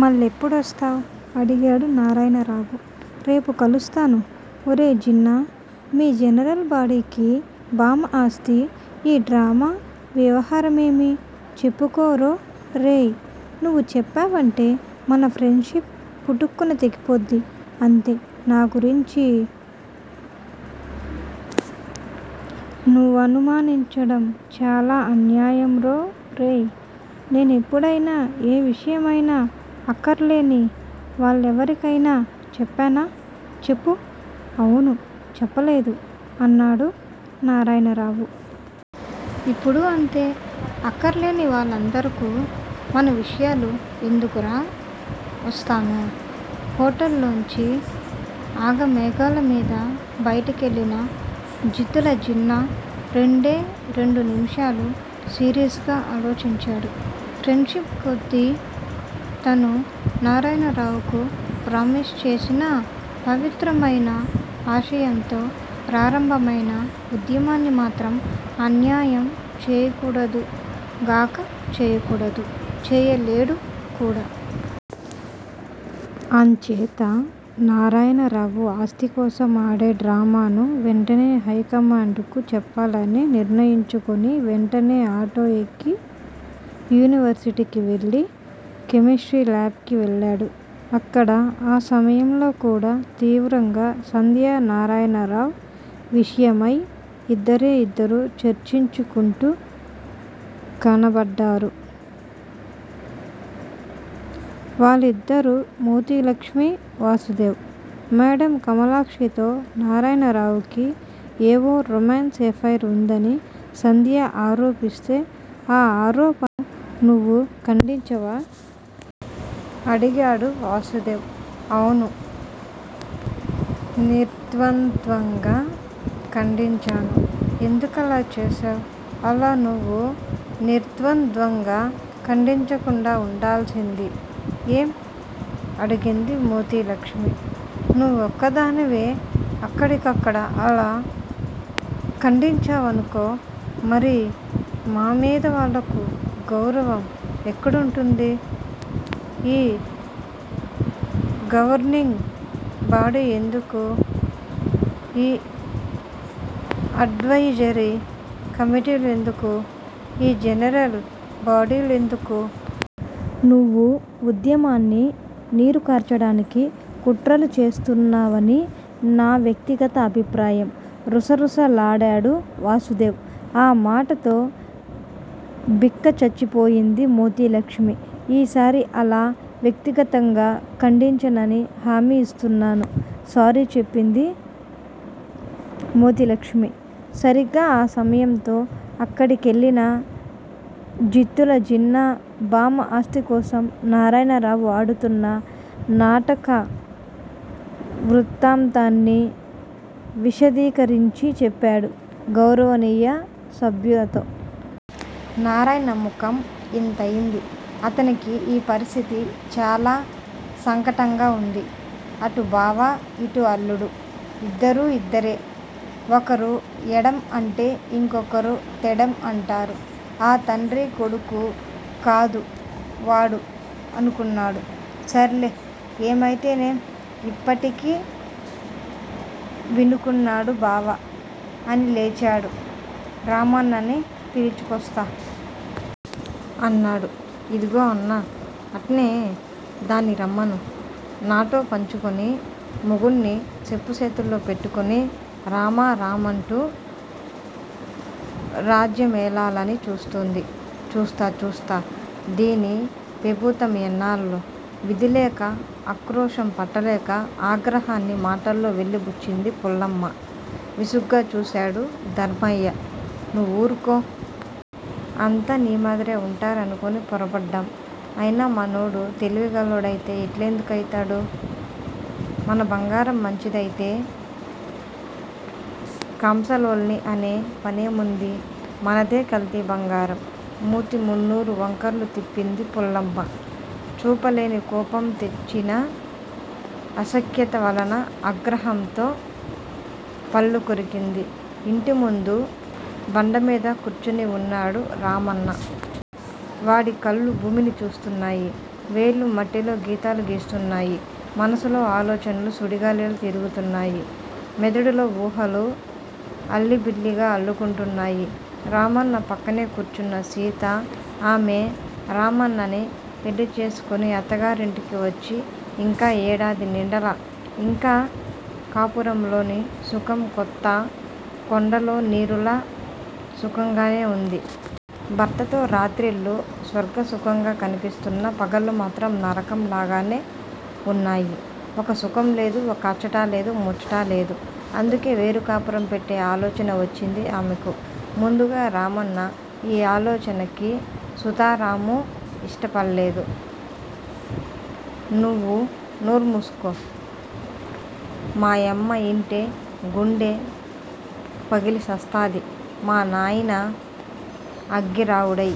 మళ్ళెప్పుడొస్తావ్? అడిగాడు నారాయణరావు. రేపు కలుస్తాను ఒరేయ్ జిన్నా మీ జనరల్ బాడీకి బామ్మ ఆస్థి, ఈ డ్రామా వ్యవహారమేమీ చెప్పుకురోరేయ్. నువ్వు చెప్పావంటే మన ఫ్రెండ్ షిప్ పుటుక్కున తెగిపోద్ది అంతే నా గురించి నువ్వనుమానించడం చాలా అన్యాయంరోరేయ్ నేనెప్పుడయినా, ఏ విషయమైనా అక్కర్లేని వాళ్ళెవరికైనా చెప్పానా చెప్పు అవును చెప్పలేదు అన్నాడు నారాయణరావు. ఇప్పుడూ అంతే. అక్కర్లేని వాళ్ళందరకూ మన విషయాలు ఎందుకురా వస్తాను హోటల్ లోంచి ఆఘమేఘాలమీద బయటికెళ్ళిన జుత్తులజిన్నా రెండే రెండునిముషాలు సీరియస్ గా ఆలోచించాడు. ఫ్రెండ్షిప్ కొద్దీ తను నారాయణరావుకు ప్రామిస్ చేసినా పవిత్రమయిన ఆశయంతో ప్రారంభమైన ఉద్యమాన్ని మాత్రం అన్యాయం చేయకూడదుగాక చేయకూడదు-చేయలేడు కూడా. అంచేత నారాయణరావు ఆస్థికోసం ఆడే డ్రామాను వెంటనే హైకమాండుకు చెప్పాలని నిర్ణయించుకుని వెంటనే ఆటో ఎక్కి యూనివర్సిటీకి వెళ్ళి, కెమిస్ట్రీ లాబ్ కి వెళ్ళాడు. అక్కడ ఆ సమయంలోకూడా తీవ్రంగా సంధ్య నారాయణరావ్ విషయమై ఇద్దరే ఇద్దరు చర్చించుకుంటూ కనబడ్డారు. వాళ్ళిద్దరూ మోతీలక్ష్మి, వాసుదేవ్. మేడమ్ కమలాక్షితో, నారాయణరావుకి ఏవో రొమాన్స్ ఎఫైర్ ఉందని సంధ్య ఆరోపిస్తే ఆ ఆరోపను నువ్వు ఖండించవా? అడిగాడు వాసుదేవ్. అవును! నిర్ద్వంద్వంగా ఖండించాను ఎందుకలా చేశావ్? అలా నువ్వు నిర్ద్వంద్వంగా ఖండించకుండా వుండాల్సింది ఏం? అడిగింది మోతీలక్ష్మీ. నువ్వొక్కదానివే అక్కడికక్కడ అలా ఖండించావనుకో మరి మామీద వాళ్ళకు గౌరవం ఎక్కడుంటుంది? ఈ గవర్నింగ్ బాడీ ఎందుకు? ఈ అడ్వయిజరీ కమిటీలెందుకు? ఈ జనరల్ బాడీలెందుకు? నువ్వు ఉద్యమాన్ని నీరు కార్చటానికి కుట్రలు చేస్తున్నావని నా వ్యక్తి గత అభిప్రాయం రుసరుసలాడాడు వాసుదేవ్. ఆ మాటతో బిక్కచచ్చిపోయింది మోతీలక్ష్మీ. ఈసారి అలా వ్యక్తిగతంగా ఖండించనని హామీ ఇస్తున్నాను సారీ చెప్పింది మోతీలక్ష్మీ. సరిగ్గా ఆ సమయంతో అక్కడికెళ్ళిన జుత్తులజిన్నా బామ్మ ఆస్థికోసం నారాయణరావు ఆడుతున్న నాటక వృత్తాంతాన్ని విశదీకరించిచెప్పాడు గౌరవనీయ సభ్యులతో. నారాయణ ముఖం యింతైంది! అతనికి యీ పరిస్థితి చాల సంకటంగా వుంది. 'అటు బావ! యిటు అల్లుడు! ఇద్దరూ ఇద్దరే! ఒకరు ఎడం అంటే ఇంకొకరు తెడం అంటారు. ఆ తండ్రి కొడుకు కాదూ వాడు! అనుకున్నాడు. 'సర్లే ఏమైతేనేం యిప్పటికి వినుకున్నాడు బావ! అని లేచాడు 'రామన్నని పిలుచుకోస్తా! ' అన్నాడు. ఇదిగో అన్నా అట్టనే దాన్ని రమ్మను. నాటో పంచుకుని, మొగున్ని సెప్పు చేతుల్లో పెట్టుకొని రామ రామాంటూ రాజ్జేమేలాలని చూస్తాంది. చూస్తా! చూస్తా! దీని పెబుతం ఎన్నాల్లో! విధిలేక ఆక్రోశం పట్టలేక ఆగ్రహాన్ని మాటల్లో వెలిబుచ్చింది పుల్లమ్మ. విసుగ్గా చూశాడు ధర్మయ్య 'నూవురుకో! అంత నీ మాదిరే' వుంటారనుకుని పోరాబడ్డం! అయినా మనోడు తెలివిగలోడయితే యిట్లేందుకైతాడు! మన బంగారం మంచిదయితే కంసలోన్ని అనే పనేముంది! మనదే కల్తీ బంగారం! మూతి మున్నురు వంకర్లు తిప్పింది పుల్లమ్మ! చూపలేని కోపం తెచ్చిన అశక్యాత వలన అ గ్రహంతో పళ్ళు కొరికింది. ఇంటిముందు బండ మీద కూర్చుని వున్నాడు రామన్న! వాడి కళ్ళు భూమిని చూస్తున్నాయి. వేళ్ళు మట్టిలో గీతలు గీస్తున్నాయి. మనసులో ఆలోచనలు సుడిగాలిలా తిరుగుతున్నాయి. మెదడులో ఉహాలు అల్లిబిల్లిగా అల్లుకుంటున్నాయి. రామన్న పక్కనే కూర్చున్న సీత! ఆమె రామన్నని పెళ్ళి చేసుకుని అత్తగారింటికి వచ్చి ఇంకా ఏడాది నిండలా! ఇంకా కాపురంలోని సుఖం కొత్త కొండలో నీరులా సుఖంగానే వుంది. భర్తతో రాత్రిళ్ళు స్వర్గసుఖంగా కనిపిస్తోన్న పగళ్ళు మాత్రం నరకం లాగానే వున్నాయి. ఒక సుఖం లేదు. ఒక అచ్చటా లేదు. ముచ్చటా లేదు. అందుకే వేరు కాపురం పెట్టె ఆలోచన వచ్చింది ఆమెకు. ముందుగా రామన్న యీ ఆలోచనకి సుతరామూ యిష్ట పళ్ళేదు. 'నువు నోర్మూసుకో! మా యమ్మ యింటే గుండె పగిలిసస్తాది? మా నాయన అగ్గిరావుడై